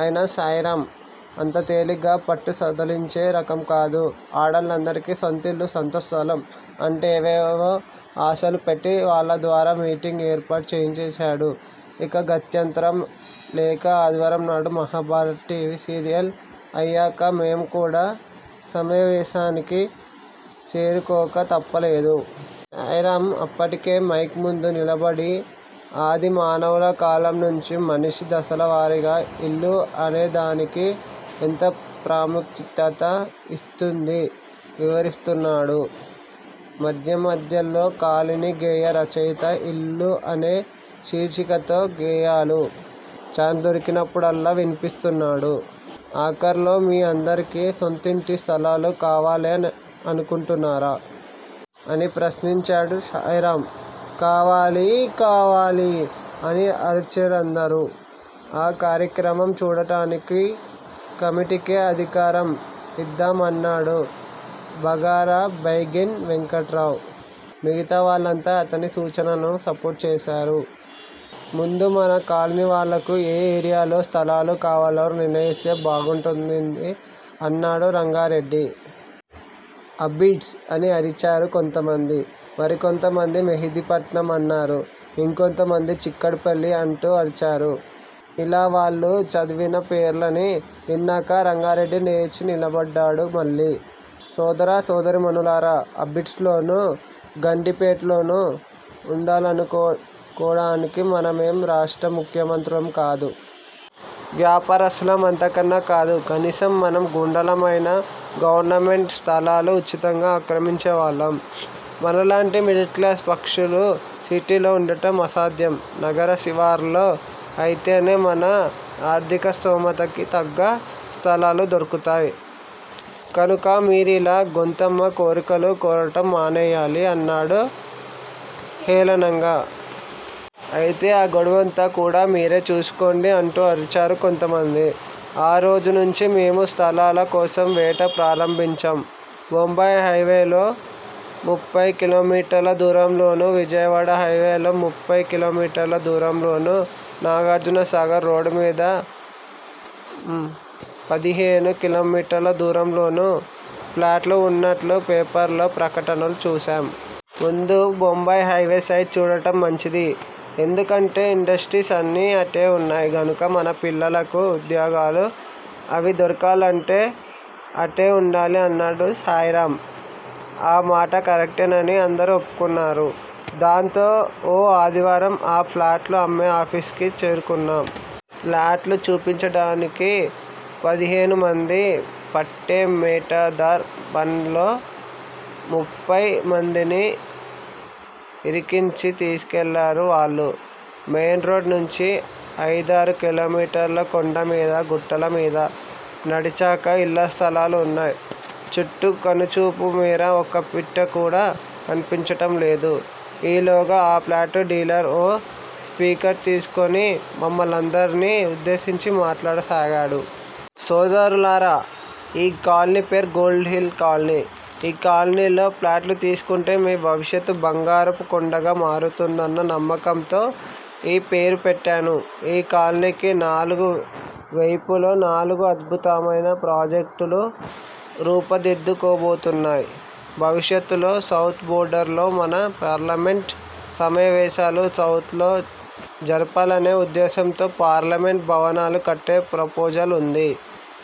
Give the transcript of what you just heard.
అయినా శాయిరామ్ అంత తేలిగ్గా పట్టు సడలించే రకం కాదు. ఆడాళ్ళందరికీ 'సొంతిళ్ళు- సొంత స్థలం' అంటూ ఏవేవో ఆశలుపెట్టి వాళ్ళ ద్వారా మీటింగ్ ఏర్పాటు చేయించేశాడు. ఇక గత్యంతరం లేక ఆదివారం నాడు మహాభారత్ టీవీ సీరియల్ అయ్యాక మేము కూడా సమావేశానికి చేరుకోక తప్పలేదు. శాయిరామ్ అప్పటికే మైక్ ముందు నిలబడి ఆదిమానవుల కాలం నుంచీ మనిషి దశల వారీగా 'ఇల్లు'అనేదానికి ఎంత ప్రాముఖ్యత ఇస్తోంది వివరిస్తున్నాడు. మధ్యమధ్యలో కాలనీ గేయ రచయిత 'ఇల్లు' అనే శీర్షికతో గేయాలు- ఛాన్స్ దొరికి నప్పుడల్లా వినిపిస్తున్నాడు. ఆఖర్లో మీ అందరికీ సొంతింటి స్థలాలు కావాలనే అనుకుంటున్నారా? అని ప్రశ్నించాడు శాయిరామ్. కావాలీ కావాలీ అని అరిచారందరూ. ఆ కార్యక్రమం చూడ్డానికి కమిటీకే అధికారం ఇద్దాం అన్నాడు బగారా బైగన్ వెంకట్రావ్. మిగతా వాళ్ళంతా అతని సూచనను సపోర్ట్ చేశారు. ముందు మన కాలనీవాళ్ళకు ఏ ఏరియాలో స్థలాలు కావాలో నిర్ణయిస్తే బాగుంటుంది అన్నాడు రంగారెడ్డి. అబిడ్స్ అని అరిచారు కొంతమంది. మరికొంతమంది మెహిదీపట్నం అన్నారు. ఇంకొంత మంది 'చిక్కడపల్లి' అంటూ అరిచారు. ఇలా వాళ్ళు చదివిన పేర్లన్నీ విన్నాక రంగారెడ్డి లేచి నిలబడ్డాడు మళ్ళీ. సోదర సోదరీ మణులారా, అబిడ్స్ లోనూ గండిపేటల్లోనూ ఉండాలను కోడానికి మనమేం రాష్ట్ర్ర ముఖ్యమంత్రులం కాదు! వ్యాపారస్తులం అంతకన్నా కాదు. కనీసం మనం గూండాలమయినా, గవర్నమెంట్ స్థలాలు ఉచితంగా ఆక్రమించే వాళ్ళం. మనలాంటి మిడిల్ క్లాస్ పక్షులు సిటీలో ఉండటం అసాధ్యం. నగర శివార్లలో అయితేనే మన ఆర్ధికస్థోమతకి తగ్గ స్థలాలు దొరుకుతాయి. కనుక మీరిలా గొంతెమ్మ కోర్కెలు కోరటం మానేయాలి! అన్నాడు హేళనగా. అయితే ఆ గొడవంతా కూడా మీరే చూసుకోండి అంటూ అరిచారు కొంతమంది. ఆ రోజునుంచీ మేము స్థలాల కోసం వేట ప్రారంభించాం! బాంబే హైవేలో ముప్పయ్ కిలోమీటర్ల దూరంలోనూ, విజయవాడ హైవేలో ముప్పయ్ కిలోమీటర్లల దూరం లోనూ, నాగార్జునసాగర్ రోడ్డుమీద పదిహేను కిలోమీటర్ల దూరంలోనూ, ప్లాట్లు ఉన్నట్లు పేపర్లలో ప్రకటనలు చూశాం. ముందు బాంబే హైవే సైడ్ చూడటం మంచిది. ఎందుకంటే ఇండస్ట్రీస్ అన్నీ అటే ఉన్నాయి గనుక మన పిల్లలకు ఉద్యోగాలు అవీ దొరకాలంటే అటే ఉండాలి అన్నాడు శాయిరామ్. ఆ మాట కరక్టేనని అందరూ ఒప్పుకున్నారు. దాంతో ఓ ఆదివారం ఆ ప్లాట్లు అమ్మే ఆఫీస్ కి చేరుకున్నాం. ప్లాట్లు చూపించడానికి పదిహేను మంది పట్టే మెటడార్ వాన్ లో ముప్పయ్ మందిని ఇరికించి తీసుకెళ్ళారు వాళ్ళు. మెయిన్ రోడ్ నుంచి అయిదారు కిలోమీటర్లు కొండ మీదా గుట్టల మీదా నడిచాక ఇళ్ళస్థలాలు ఉన్నాయ్. చుట్టూ కనుచూపు మేర ఒక్కపిట్ట కూడా కనిపించటం లేదు. ఈలోగా ఆ ప్లాట్ల డీలర్ ఓ స్పీకర్ తీసుకుని మమ్మల్నందరినీ ఉద్దేశించి మాట్లాడసాగాడు. సోదరులారా! ఈ కాలనీ పేరు గోల్డ్ హిల్ కాలనీ! ఈ కాలనీలో ప్లాట్లు తీసుకుంటే మీ భవిష్యత్తు బంగారపు కొండగా మారుతుందన్న నమ్మకంతో ఈ పేరుపెట్టాము. ఈ కాలనీకి నాలుగు వేపులా నాలుగు అద్భుతమయిన ప్రాజెక్ట్ ళు రూపుదిద్దు కోబోతున్నాయ్. భవిష్యత్తులో సౌత్ బోర్డర్ లో మన పార్లమెంట్ సమావేశాలు, సౌత్ లో జరపాలనే ఉద్దేశంతో పార్లమెంట్ భవనాలు కట్టే ప్రపోజల్ ఉంది.